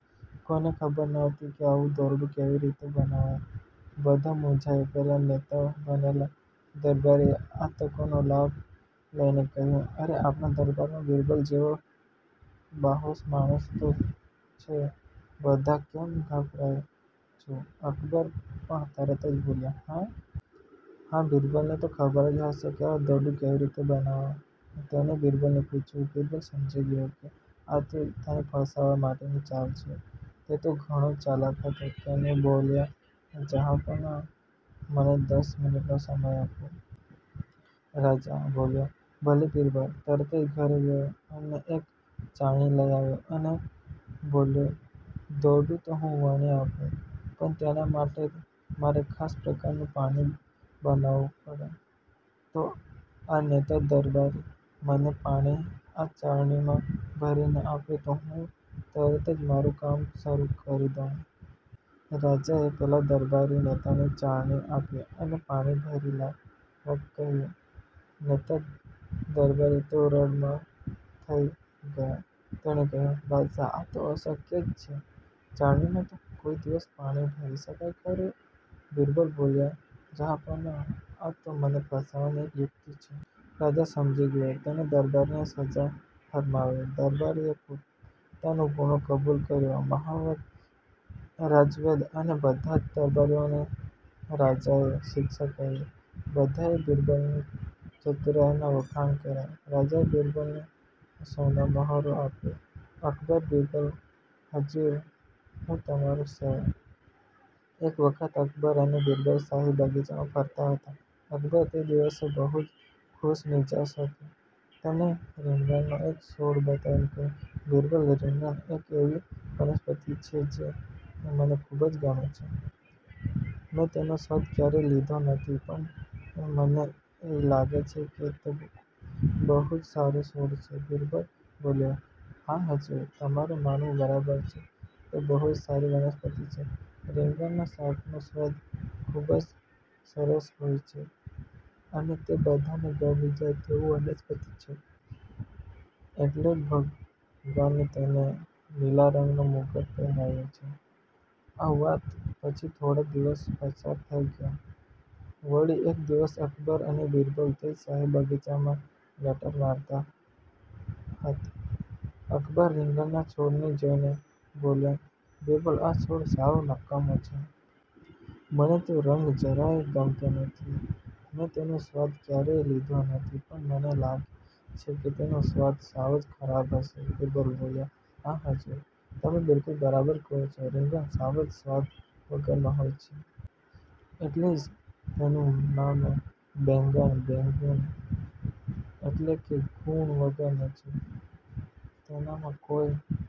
કોઈને ખબર ન હતી કે આવું દોરડું કેવી રીતે બનાવાય. બધા મૂંઝાયા. પેલા નેતા બનેલા દરબારીએ આ તકનો લાભ લઈ કહ્યું અરે આપણા દરબારમાં બિરબલ જેવા બાહોશ માણસ તો છે. બધા કેમે ગભરાઓ છો અકબર પણ તરત બોલ્યા હા.. હા.. બિરબલને તો ખબર જ હશે કે આ દોરડું કેવી રીતે બનાવાય તેમણે બિરબલને પૂછ્યું બિરબલ સમજી ગયો કે આ તો તેને ફસાવવા માટેની ચાલ છે. તે તો ઘણો જ ચાલક હતો તે બોલ્યો જહાંપનાહ મને દસ મિનિટનો સમય આપો. રાજા બોલ્યા ભલે..બિરબલ તરત જ ઘેર ગયો અને એક ચાળણી લઈ આવ્યો અને બોલ્યો દોરડું તો હું વણી આપું પણ તેના માટે મારે ખાસ પ્રકારનું પાણી બનાવવું પડે જો આ નેતા દરબારી મને પાણી આ ચાળણીમાં ભરીને આપે તો હું તરત જ મારું કામ શરૂ કરી દઉં. રાજાએ પેલા દરબારી નેતાને ચાળણી આપી અને પાણી ભરી લાવવા કહ્યું. નેતા દરબારી તો રડમસ થઈ ગયા. તેમણે કહ્યું બાદશાહ આ તો અશક્ય જ છે. ચાળણીમાં તે કોઈ દિવસ પાણી ભરી શકાય ખરું બિરબલ બોલ્યો જહાંપનાહ આતો મને ફસાવવાની એક યુક્તિ છે. રાજા સમજી ગયો તેણે દરબારીને સજા ફરમાવી. દરબારીએ પોતાનો ગુને કબૂલ કર્યો. મહાવત રાજવૈદ અને બધા જ દરબારીઓને રાજાએ શિક્ષા કરી. બધાએ બિરબલની ચતુરાઈનાં વખાણ કર્યા. રાજાએ બિરબલને સોનામહોરો આપી. અકબર-બિરબલ હજૂર, હું તમારો સેવક એક વખત અકબર અને બિરબલ શાહી બગીચામાં ફરતા હતા. અકબર તે દિવસે બહુ ખુશમિજાજ હતો. તેણે રીંગણનો એક છોડ બતાવી કહ્યું; બિરબલ, રીંગણ એક એવી વનસ્પતિ છે કે જે મને ખૂબ જ ગમે છે. મેં તેનો સ્વાદ ક્યારેય લીધો નથી પણ મને એમ લાગે છે કે તે બહુ જ સારો છોડ છે. બિરબલ બોલ્યો; હા, હજૂર. તમારું માનવું બરાબર છે. તે બહુ જ સારી વનસ્પતિ છે. રીંગણના શાકનો સ્વાદ ખૂબ જ સરસ હોય છે અને તે બધાને ગમી જાય તેવી વનસ્પતિ છે. એટલે જ ભગવાને તેનૅ લીલા રંગનો મુગટ પહેરાવ્યો છે. આ વાત પછી થોડા દિવસ પસાર થઈ ગયા. વળી એક દિવસ અકબર અને બિરબલ તે જ શાહી બગીચામાં લટાર મારતા હત અકબર રીંગણના છોડને જોઈને બોલ્યો; બિરબલ, આ છોડ સાવ નકામો છે. મને તેનો રંગ જરા ય ગમતો નથી. મેં તેનો સ્વાદ ક્યારેય લીધો નથી પણ મને લાગે છે કે તેનો સ્વાદ સાવ જ ખરાબ હશે. બિરબલ બોલ્યો; હા, હજૂર. તમે બિલકુલ બરાબર કહો છો. રીંગણ સાવ જ સ્વાદ વગરના હોય છે. એટલે જ તેનું નામે "બેંગન" બેંગુન.. એટલે કે ગૂણ વગરના છે.. તેનામાં કોઈ